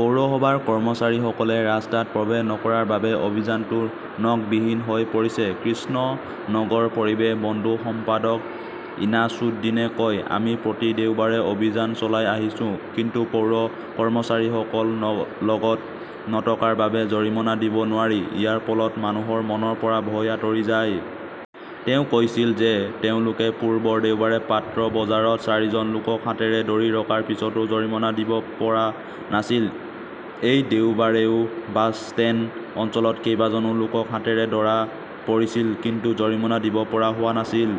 পৌৰসভাৰ কৰ্মচাৰীসকলে ৰাস্তাত প্ৰৱেশ নকৰাৰ বাবে অভিযানটো নখবিহীন হৈ পৰিছে। কৃষ্ণনগৰ পৰিৱেশ বন্ধুৰ সম্পাদক ইনাছুদ্দীনে কয়, আমি প্ৰতি দেওবাৰে অভিযান চলাই আহিছো। কিন্তু পৌৰ কৰ্মচাৰীসকল লগত নথকাৰ বাবে জৰিমনা দিব নোৱাৰি। ইয়াৰ ফলত মানুহৰ মনৰ পৰা ভয় আঁতৰি যায়। তেওঁ কৈছিল যে, তেওঁলোকে পূৰ্বৰ দেওবাৰে পাত্ৰ বজাৰত চাৰিজন লোকক হাতেৰে ধৰি ৰখাৰ পিছতো জৰিমনা দিব পৰা নাছিল। এই দেওবাৰেও বাছষ্টেণ্ড অঞ্চলত কেইবাজনো লোকক হাতেৰে ধৰা পৰিছিল কিন্তু জৰিমনা দিব পৰা হোৱা নাছিল।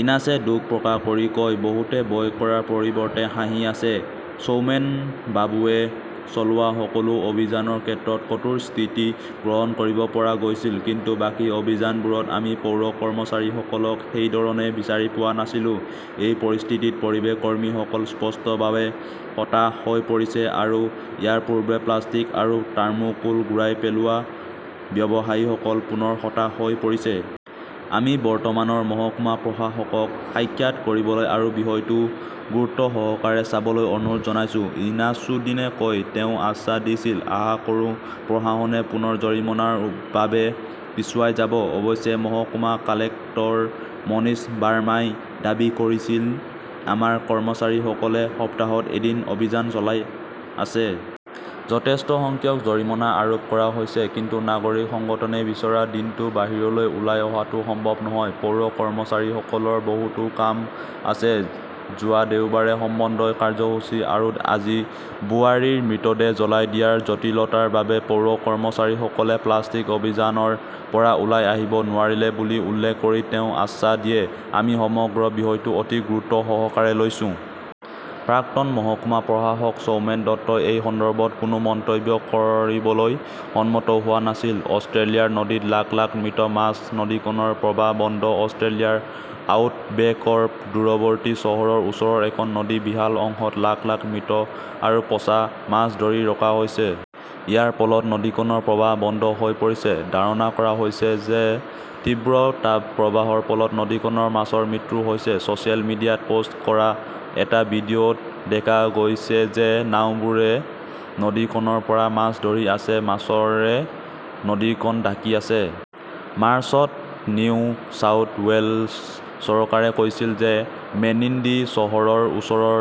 ইনাছে দুখ প্ৰকাশ কৰি কয়, বহুতে ভয় কৰাৰ পৰিৱৰ্তে হাঁহি আছে। সৌমেনবাবুৱে চলোৱা সকলো অভিযানৰ ক্ষেত্ৰত কঠোৰ স্থিতি গ্ৰহণ কৰিব পৰা গৈছিল, কিন্তু বাকী অভিযানবোৰত আমি পৌৰ কৰ্মচাৰীসকলক সেই ধৰণে বিচাৰি পোৱা নাছিলো। এই পৰিস্থিতিত পৰিৱেশ কৰ্মীসকল স্পষ্টভাৱে হতাশ হৈ পৰিছে আৰু ইয়াৰ পূৰ্বে প্লাষ্টিক আৰু থাৰ্মোকোল ঘূৰাই পেলোৱা ব্যৱসায়ীসকল পুনৰ হতাশ হৈ পৰিছে। আমি বৰ্তমানৰ মহকুমা প্ৰশাসকক সাক্ষাৎ কৰিবলৈ আৰু বিষয়টো গুৰুত্বসহকাৰে চাবলৈ অনুৰোধ জনাইছো। ইনাছুদ্দীনে কয় ,তেওঁ আশ্বাস দিছিল। আশা কৰোঁ প্ৰশাসনে পুনৰ জৰিমনাৰ বাবে পিছুৱাই যাব। অৱশ্যে, মহকুমা কালেক্টৰ মনীষ বাৰ্মাই দাবী কৰিছিল আমাৰ কৰ্মচাৰীসকলে সপ্তাহত এদিন অভিযান চলাই আছে। যথেষ্ট সংখ্যক জৰিমনা আৰোপ কৰা হৈছে, কিন্তু নাগৰিক সংগঠনে বিচৰা দিনটো বাহিৰলৈ ওলাই অহাটো সম্ভৱ নহয় পৌৰ কৰ্মচাৰীসকলৰ বহুতো কাম আছে। যোৱা দেওবাৰে সমন্বয় কাৰ্যসূচী আৰু আজি বোৱাৰীৰ মৃতদেহ জ্বলাই দিয়াৰ জটিলতাৰ বাবে পৌৰ কৰ্মচাৰীসকলে প্লাষ্টিক অভিযানৰ পৰা ওলাই আহিব নোৱাৰিলে বুলি উল্লেখ কৰি তেওঁ আশ্বাস দিয়ে, আমি সমগ্ৰ বিষয়টো অতি গুৰুত্বসহকাৰে লৈছো। প্ৰাক্তন মহকুমা প্ৰশাসক সৌমেন দত্তই এই সন্দৰ্ভত কোনো মন্তব্য কৰিবলৈ সন্মত হোৱা নাছিল। অষ্ট্ৰেলিয়াৰ নদীত লাখ -লাখ মৃত মাছ, নদীখনৰ প্ৰবাহ বন্ধ অষ্ট্ৰেলিয়াৰ আউটবেকৰ দূৰৱৰ্তী চহৰৰ ওচৰৰ এখন নদীৰ বিশাল অংশত লাখ -লাখ মৃত আৰু পচা মাছ ধৰি ৰখা হৈছে। ইয়াৰ ফলত নদীখনৰ প্ৰবাহ বন্ধ হৈ পৰিছে। ধাৰণা কৰা হৈছে যে তীব্ৰ তাপপ্ৰবাহৰ ফলত নদীখনৰ মাছৰ মৃত্যু হৈছে। ছচিয়েল মিডিয়াত পোষ্ট কৰা এটা ভিডিঅ' ত দেখা গৈছে যে নাওবোৰে নদীখনৰ পৰা মাছ ধৰি আছে, মাছৰে নদীখন ঢাকি আছে। মাৰ্চত নিউ চাউথ ৱেলছ চৰকাৰে কৈছিল যে মেনিণ্ডি চহৰৰ ওচৰৰ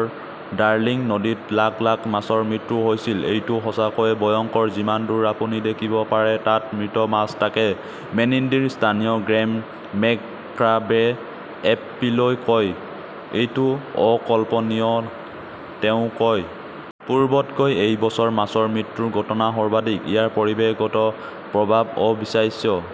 ডাৰ্লিং নদীত লাখ- লাখ মাছৰ মৃত্যু হৈছিল। এইটো সঁচাকৈয়ে ভয়ংকৰ যিমান দূৰ আপুনি দেখিব পাৰে তাত মৃত মাছ আছে। মেনিণ্ডিৰ স্থানীয় গ্ৰেম মেকক্ৰাবে এফপিলৈ কয়, এইটো অকল্পনীয় তেওঁ কয়। পূৰ্বতকৈ এই বছৰ মাছৰ মৃত্যুৰ ঘটনা সৰ্বাধিক। ইয়াৰ পৰিৱেশগত প্ৰভাৱ অবিশ্বাস্য।